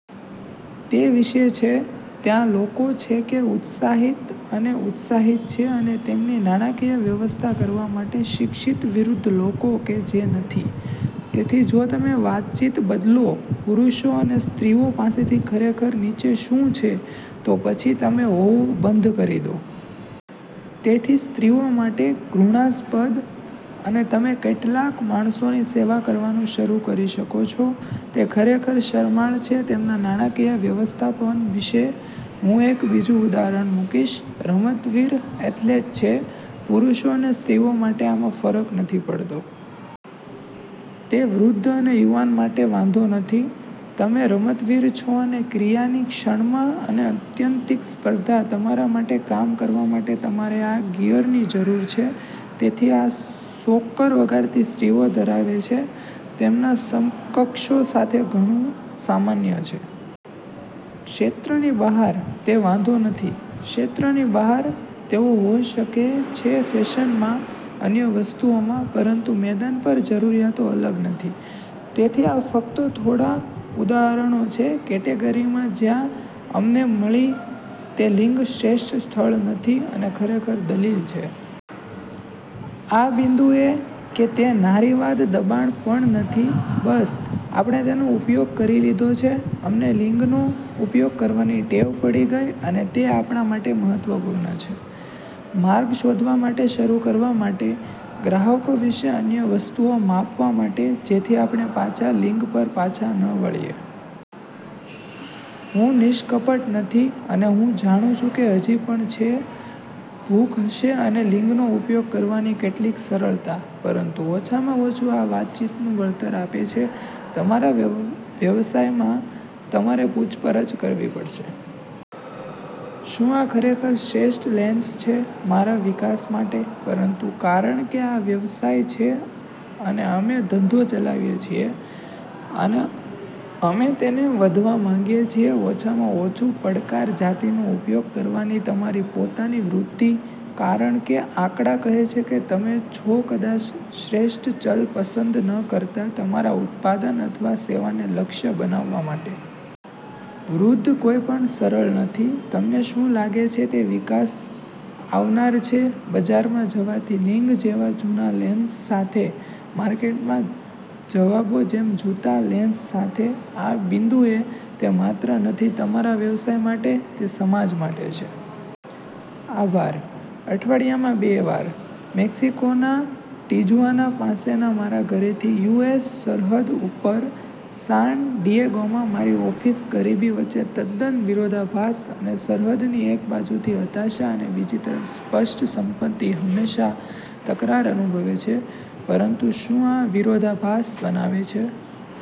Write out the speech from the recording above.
તે વિશે છે, ત્યાં લોકો છે કે ઉત્સાહિત અને ઉત્સાહિત છે અને તેમની નાણાકીય વ્યવસ્થા કરવા માટે શિક્ષિત વિરુદ્ધ લોકો કે જે નથી. તેથી જો તમે વાતચીત બદલો પુરુષો અને સ્ત્રીઓ પાસેથી ખરેખર નીચે શું છે, તો પછી તમે હોવું બંધ કરી દો. તેથી સ્ત્રીઓ માટે ઘૃણાસ્પદ અને તમે કેટલાક માણસોની સેવા કરવાનું શરૂ કરી શકો છો, તે ખરેખર શરમાળ છે તેમના નાણાકીય વ્યવસ્થાપન વિશે. હું એક બીજું ઉદાહરણ મૂકીશ. રમતવીર એથ્લેટ છે. પુરુષો અને સ્ત્રીઓ માટે આમાં ફરક નથી પડતો. તે વૃદ્ધ અને યુવાન માટે વાંધો નથી, તમે રમતવીર છો અને ક્રિયાની ક્ષણમાં અને આત્યંતિક સ્પર્ધા તમારા માટે કામ કરવા માટે તમારે આ ગિયરની જરૂર છે. તેથી આ સોકર વગાડતી સ્ત્રીઓ ધરાવે છે, તેમના સમકક્ષો સાથે ઘણું સામાન્ય છે. ક્ષેત્રની બહાર, તે વાંધો નથી. ક્ષેત્રની બહાર, તેઓ હોઈ શકે છે ફેશનમાં, અન્ય વસ્તુઓમાં, પરંતુ મેદાન પર જરૂરિયાતો અલગ નથી. તેથી આ ફક્ત થોડા ઉદાહરણો છે કેટેગરીમાં જ્યાં અમને મળી તે લિંગ શ્રેષ્ઠ સ્થળ નથી અને ખરેખર દલીલ છે. આ બિંદુએ કે તે નારીવાદી દબાણ પણ નથી, બસ, આપણે તેનો ઉપયોગ કરી લીધો છે. અમને લિંગનો ઉપયોગ કરવાની ટેવ પડી ગઈ અને તે આપણા માટે મહત્વપૂર્ણ છે. માર્ગ શોધવા માટે શરૂ કરવા માટે, ગ્રાહકો વિશે અન્ય વસ્તુઓ માપવા માટે જેથી આપણે પાછા લિંગ પર પાછા ન વળીએ. હું નિષ્કપટ નથી અને હું જાણું છું કે હજી પણ છે ભૂખ હશે અને લિંગનો ઉપયોગ કરવાની કેટલીક સરળતા, પરંતુ ઓછામાં ઓછું આ વાતચીતનું વળતર આપે છે. તમારા વ્યવસાયમાં, તમારે પૂછપરછ કરવી પડશે. શું આ ખરેખર શ્રેષ્ઠ લેન્સ છે મારા વિકાસ માટે? પરંતુ કારણ કે આ વ્યવસાય છે અને અમે ધંધો ચલાવીએ છીએ, અને અમે તેને વધવા માંગીએ છીએ ઓછામાં ઓછું પડકાર જાતિનો ઉપયોગ કરવાની તમારી પોતાની વૃત્તિ, કારણ કે આંકડા કહે છે કે તમે છો કદાચ શ્રેષ્ઠ ચલ પસંદ ન કરતા તમારા ઉત્પાદન અથવા સેવાને લક્ષ્ય બનાવવા માટે. વૃદ્ધિ કોઈ પણ સરળ નથી. તમને શું લાગે છે તે વિકાસ આવનાર છે ,બજારમાં જવાથી લિંગ જેવા જૂનાં લેન્સ સાથે? માર્કેટમાં જવાબો જેમ જૂતા લેન્સ સાથે? આ બિંદુએ, તે માત્ર નથી તમારા વ્યવસાય માટે, તે સમાજ માટે છે. આભાર. અઠવાડિયામાં બે વાર, મેક્સિકોના ટિજુઆના પાસેના મારા ઘરેથી યુ. એસ. સરહદ ઉપર, સાન ડિએગોમાં મારી ઓફિસ ગરીબી વચ્ચે તદ્દન વિરોધાભાસ અને સરહદની એક બાજુથી હતાશા અને બીજી તરફ સ્પષ્ટ સંપત્તિ હંમેશા તકરાર અનુભવે છે. પરંતુ શું આ વિરોધાભાસ બનાવે છે.